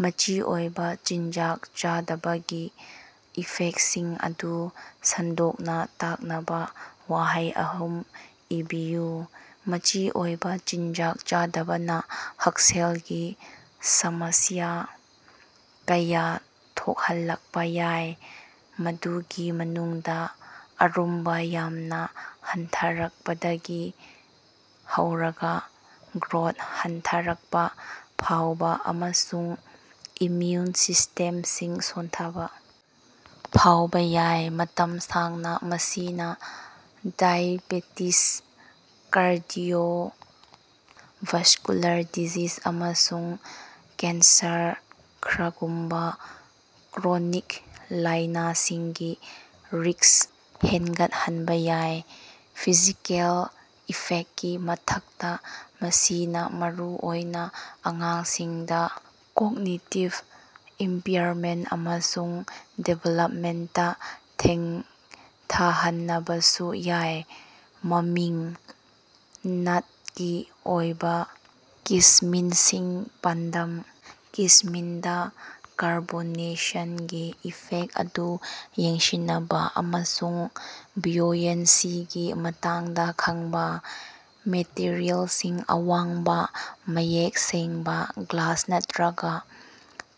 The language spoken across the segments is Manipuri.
ꯃꯆꯤ ꯑꯣꯏꯕ ꯆꯤꯟꯖꯥꯛ ꯆꯥꯗꯕꯒꯤ ꯏꯐꯦꯛꯁꯤꯡ ꯑꯗꯨ ꯁꯟꯗꯣꯛꯅ ꯇꯥꯛꯅꯕ ꯋꯥꯍꯩ ꯑꯍꯨꯝ ꯏꯕꯤꯌꯨ꯫ ꯃꯆꯤ ꯑꯣꯏꯕ ꯆꯤꯟꯖꯥꯛ ꯆꯥꯗꯕꯅ ꯍꯛꯁꯦꯜꯒꯤ ꯁꯃꯁ꯭ꯌꯥ ꯀꯌꯥ ꯊꯣꯛꯍꯜꯂꯛꯄ ꯌꯥꯏ, ꯃꯗꯨꯒꯤ ꯃꯅꯨꯡꯗ ꯑꯔꯨꯝꯕꯥ ꯌꯥꯝꯅ ꯍꯟꯊꯔꯛꯄꯗꯒꯤ ꯍꯧꯔꯒꯥ ꯒ꯭ꯔꯣꯠ ꯍꯟꯊꯔꯛꯄ ꯐꯥꯎꯕ, ꯑꯃꯁꯨꯡ ꯏꯝꯃ꯭ꯌꯨꯟ ꯁꯤꯁꯇꯦꯝꯁꯤꯡ ꯁꯣꯟꯊꯕ ꯐꯥꯎꯕ ꯌꯥꯏ꯫ ꯃꯇꯝ ꯁꯥꯡꯅ, ꯃꯁꯤꯅ ꯗꯥꯏꯑꯦꯕꯦꯇꯤꯖ, ꯀꯥꯔꯗꯤꯑꯣꯚꯥꯁ꯭ꯀꯨꯂꯥꯔ ꯗꯤꯖꯤꯁ, ꯑꯃꯁꯨꯡ ꯀꯦꯟꯁꯔ ꯈꯔꯒꯨꯝꯕꯥ ꯀ꯭ꯔꯣꯅꯤꯛ ꯂꯥꯏꯅꯥꯁꯤꯡꯒꯤ ꯔꯤꯛꯁ ꯍꯦꯟꯒꯠꯍꯟꯕ ꯌꯥꯏ꯫ ꯐꯤꯖꯤꯀꯦꯜ ꯏꯐꯦꯛꯀꯤ ꯃꯊꯛꯇ ꯃꯁꯤꯅ ꯃꯔꯨꯑꯣꯏꯅ ꯑꯉꯥꯡꯁꯤꯡꯗ ꯀꯣꯒꯅꯤꯇꯤꯚ ꯏꯝꯄꯥꯌꯔꯃꯦꯟ ꯑꯃꯁꯨꯡ ꯗꯤꯚꯦꯂꯞꯃꯦꯟꯇ ꯊꯦꯡꯊꯍꯟꯅꯕꯁꯨ ꯌꯥꯏ꯫ ꯃꯃꯤꯡ: ꯅꯥꯠꯀꯤ ꯑꯣꯏꯕ ꯀꯤꯁꯃꯤꯟꯁꯤꯡ ꯄꯥꯟꯗꯝ: ꯀꯤꯁꯃꯤꯟꯗꯥ ꯀꯥꯔꯕꯣꯅꯦꯁꯟꯒꯤ ꯏꯐꯦꯛ ꯑꯗꯨ ꯌꯦꯡꯁꯤꯟꯅꯕ ꯑꯃꯁꯨꯡ ꯕꯨꯑꯣꯌꯦꯟꯁꯤꯒꯤ ꯃꯇꯥꯡꯗ ꯈꯪꯕ꯫ ꯃꯦꯇꯔꯤꯑꯦꯜꯁꯤꯡ: ꯑꯋꯥꯡꯕ ꯃꯌꯦꯛ ꯁꯦꯡꯕ ꯒ꯭ꯂꯥꯁ ꯅꯠꯇ꯭ꯔꯒꯥ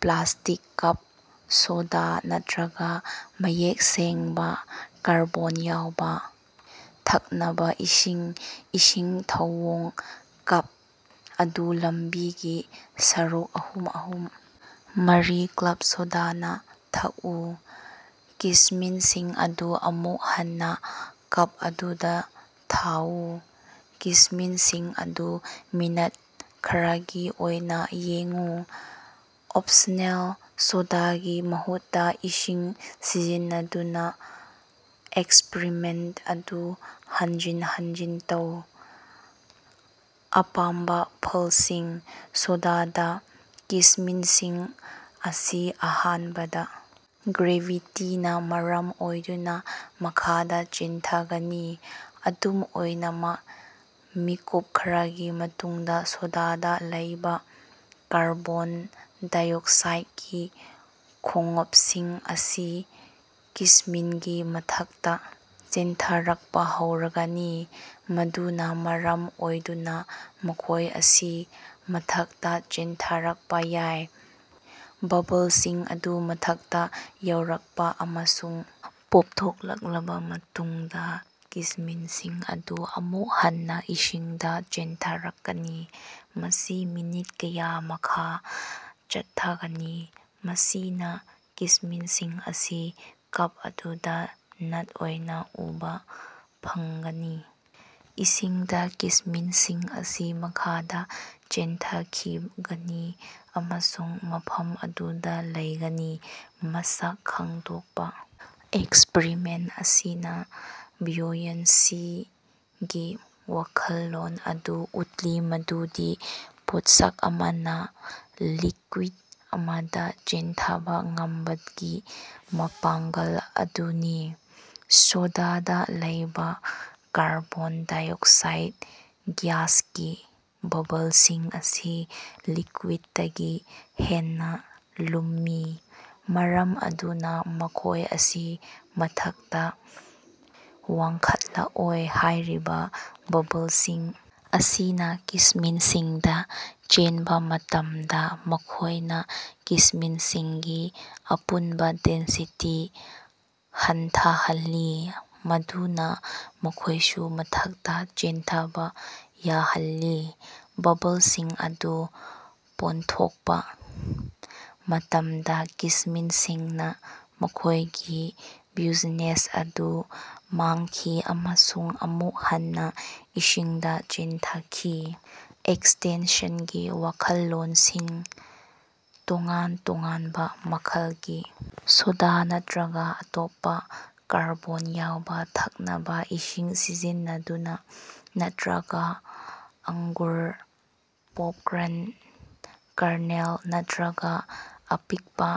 ꯄ꯭ꯂꯥꯁꯇꯤꯛ ꯀꯞ ꯁꯣꯗꯥ ꯅꯠꯇ꯭ꯔꯒ ꯃꯌꯦꯛ ꯁꯦꯡꯕ ꯀꯥꯔꯕꯣꯟ ꯌꯥꯎꯕ ꯊꯛꯅꯕꯥ ꯏꯁꯤꯡ꯫ ꯏꯁꯤꯡ ꯊꯧꯑꯣꯡ: ꯀꯞ ꯑꯗꯨ ꯂꯝꯕꯤꯒꯤ ꯁꯔꯨꯛ ꯑꯍꯨꯝ ꯑꯍꯨꯝ ꯃꯔꯤ ꯀ꯭ꯂꯕ ꯁꯣꯗꯥꯅ ꯊꯛꯎ꯫ ꯀꯤꯁꯃꯤꯟꯁꯤꯡ ꯑꯗꯨ ꯑꯃꯨꯛ ꯍꯟꯅꯥ ꯀꯞ ꯑꯗꯨꯗꯥ ꯊꯥꯎ꯫ ꯀꯤꯁꯃꯤꯟꯁꯤꯡ ꯑꯗꯨ ꯃꯤꯅꯠ ꯈꯔꯒꯤ ꯑꯣꯏꯅ ꯌꯦꯡꯎ꯫ ꯑꯣꯞꯁꯅꯦꯜ: ꯁꯣꯗꯥꯒꯤ ꯃꯍꯨꯠꯇꯥ ꯏꯁꯤꯡ ꯁꯤꯖꯤꯟꯅꯗꯨꯅ ꯑꯦꯛꯁꯄꯔꯤꯃꯦꯟꯇ ꯑꯗꯨ ꯍꯟꯖꯤꯟ ꯍꯟꯖꯤꯟ ꯇꯧ꯫ ꯑꯄꯥꯝꯕ ꯐꯜꯁꯤꯡ: ꯁꯣꯗꯥꯗ, ꯀꯤꯁꯃꯤꯟꯁꯤꯡ ꯑꯁꯤ ꯑꯍꯥꯟꯕꯗꯥ ꯒ꯭ꯔꯦꯚꯤꯇꯤꯅ ꯃꯔꯝ ꯑꯣꯏꯗꯨꯅ ꯃꯈꯥꯗ ꯆꯦꯟꯊꯒꯅꯤ꯫ ꯑꯗꯨꯝ ꯑꯣꯏꯅꯃꯛ, ꯃꯤꯀꯨꯞ ꯈꯔꯒꯤ ꯃꯇꯨꯡꯗ ꯁꯣꯗꯥꯗ ꯂꯩꯕꯥ ꯀꯥꯔꯕꯣꯟ ꯗꯥꯏꯑꯣꯛꯁꯥꯏꯠꯀꯤ ꯈꯣꯡꯎꯞꯁꯤꯡ ꯑꯁꯤ ꯀꯤꯁꯃꯤꯟꯒꯤ ꯃꯊꯛꯇ ꯆꯦꯟꯊꯔꯛꯄ ꯍꯧꯔꯒꯅꯤ, ꯃꯗꯨꯅ ꯃꯔꯝ ꯑꯣꯏꯗꯨꯅ ꯃꯈꯣꯏ ꯑꯁꯤ ꯃꯊꯛꯇ ꯆꯦꯟꯊꯔꯛꯄ ꯌꯥꯏ꯫ ꯕꯨꯕꯜꯁꯤꯡ ꯑꯗꯨ ꯃꯊꯛꯇꯥ ꯌꯧꯔꯛꯄ ꯑꯃꯁꯨꯡ ꯄꯣꯞꯊꯣꯛꯂꯕ ꯃꯇꯨꯡꯗ, ꯀꯤꯁꯃꯤꯟꯁꯤꯡ ꯑꯗꯨ ꯑꯃꯨꯛ ꯍꯟꯅ ꯏꯁꯤꯡꯗ ꯆꯦꯟꯊꯔꯛꯀꯅꯤ꯫ ꯃꯁꯤ ꯃꯤꯅꯤꯠ ꯀꯌꯥ ꯃꯈꯥ ꯆꯠꯊꯒꯅꯤ, ꯃꯁꯤꯅꯥ ꯀꯤꯁꯃꯤꯟꯁꯤꯡ ꯑꯁꯤ ꯀꯞ ꯑꯗꯨꯗ ꯅꯥꯠ ꯑꯣꯏꯅ ꯎꯕ ꯐꯪꯒꯅꯤ꯫ ꯏꯁꯤꯡꯗ ꯀꯤꯁꯃꯤꯟꯁꯤꯡ ꯑꯁꯤ ꯃꯈꯥꯗ ꯆꯦꯟꯊꯈꯤꯒꯅꯤ ꯑꯃꯁꯨꯡ ꯃꯐꯝ ꯑꯗꯨꯗ ꯂꯩꯒꯅꯤ꯫ ꯃꯁꯛ ꯈꯪꯗꯣꯛꯄ: ꯑꯦꯛꯁꯄꯔꯤꯃꯦꯟ ꯑꯁꯤꯅꯥ ꯕꯨꯑꯣꯌꯦꯟꯁꯤꯒꯤ ꯋꯥꯈꯜꯂꯣꯟ ꯑꯗꯨ ꯎꯠꯂꯤ, ꯃꯗꯨꯗꯤ ꯄꯣꯠꯁꯛ ꯑꯃꯅ ꯂꯤꯛꯀ꯭ꯋꯤꯠ ꯑꯃꯗ ꯆꯦꯟꯊꯕ ꯉꯝꯕꯒꯤ ꯃꯄꯥꯡꯒꯜ ꯑꯗꯨꯅꯤ꯫ ꯁꯣꯗꯥꯗ ꯂꯩꯕ ꯀꯥꯔꯕꯣꯟ ꯗꯥꯏꯑꯣꯛꯁꯥꯏꯠ ꯒ꯭ꯌꯥꯁꯀꯤ ꯕꯨꯕꯜꯁꯤꯡ ꯑꯁꯤ ꯂꯤꯛꯀ꯭ꯋꯤꯠꯇꯒꯤ ꯍꯦꯟꯅꯥ ꯂꯨꯝꯃꯤ, ꯃꯔꯝ ꯑꯗꯨꯅ ꯃꯈꯣꯏ ꯑꯁꯤ ꯃꯊꯛꯇ ꯋꯥꯡꯈꯠꯂꯛꯏ꯫ ꯍꯥꯏꯔꯤꯕ ꯕꯨꯕꯜꯁꯤꯡ ꯑꯁꯤꯅ ꯀꯤꯁꯃꯤꯟꯁꯤꯡꯗ ꯆꯦꯟꯕꯥ ꯃꯇꯝꯗ, ꯃꯈꯣꯏꯅ ꯀꯤꯁꯃꯤꯟꯁꯤꯡꯒꯤ ꯑꯄꯨꯟꯕꯥ ꯗꯦꯟꯁꯤꯇꯤ ꯍꯟꯊꯍꯜꯂꯤ, ꯃꯗꯨꯅ ꯃꯈꯣꯏꯁꯨ ꯃꯊꯛꯇꯥ ꯆꯦꯟꯊꯕꯥ ꯌꯥꯍꯜꯂꯤ꯫ ꯕꯨꯕꯜꯁꯤꯡ ꯑꯗꯨ ꯄꯣꯟꯊꯣꯛꯄ ꯃꯇꯝꯗ, ꯀꯤꯁꯃꯤꯟꯁꯤꯡꯅ ꯃꯈꯣꯏꯒꯤ ꯕ꯭ꯌꯨꯖꯤꯅꯦꯁ ꯑꯗꯨ ꯃꯥꯡꯈꯤ ꯑꯃꯁꯨꯡ ꯑꯃꯨꯛ ꯍꯟꯅꯥ ꯏꯁꯤꯡꯗ ꯆꯦꯟꯊꯈꯤ꯫ ꯑꯦꯛꯁꯇꯦꯟꯁꯟꯒꯤ ꯋꯥꯈꯜꯂꯣꯟꯁꯤꯡ: ꯇꯣꯉꯥꯟ ꯇꯣꯉꯥꯟꯕ ꯃꯈꯜꯒꯤ ꯁꯣꯗꯥ ꯅꯠꯇ꯭ꯔꯒ ꯑꯇꯣꯞꯄ ꯀꯥꯔꯕꯣꯟ ꯌꯥꯎꯕ ꯊꯛꯅꯕꯥ ꯏꯁꯤꯡ ꯁꯤꯖꯤꯟꯅꯗꯨꯅꯥ, ꯅꯠꯇ꯭ꯔꯒ ꯑꯪꯒꯨꯔ, ꯄꯣꯞꯀ꯭ꯔꯟ ꯀꯔꯅꯦꯜ ꯅꯠꯇ꯭ꯔꯒ ꯑꯄꯤꯛꯄ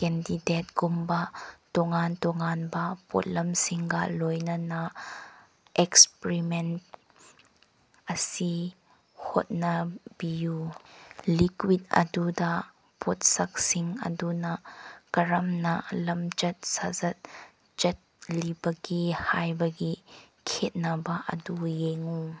ꯀꯦꯟꯗꯤꯗꯦꯠꯒꯨꯝꯕꯥ ꯇꯣꯉꯥꯟ ꯇꯣꯉꯥꯟꯕ ꯄꯣꯠꯂꯝꯁꯤꯡꯒ ꯂꯣꯏꯅꯅ ꯑꯦꯛꯁꯄꯔꯤꯃꯦꯟꯇ ꯑꯁꯤ ꯍꯣꯠꯅꯕꯤꯌꯨ꯫ ꯂꯤꯛꯀ꯭ꯋꯤꯠ ꯑꯗꯨꯗ ꯄꯣꯠꯁꯛꯁꯤꯡ ꯑꯗꯨꯅ ꯀꯔꯝꯅ ꯂꯝꯆꯠ-ꯁꯥꯖꯠ ꯆꯠꯂꯤꯕꯒꯦ ꯍꯥꯏꯕꯒꯤ ꯈꯦꯠꯅꯕꯥ ꯑꯗꯨ ꯌꯦꯡꯎ꯫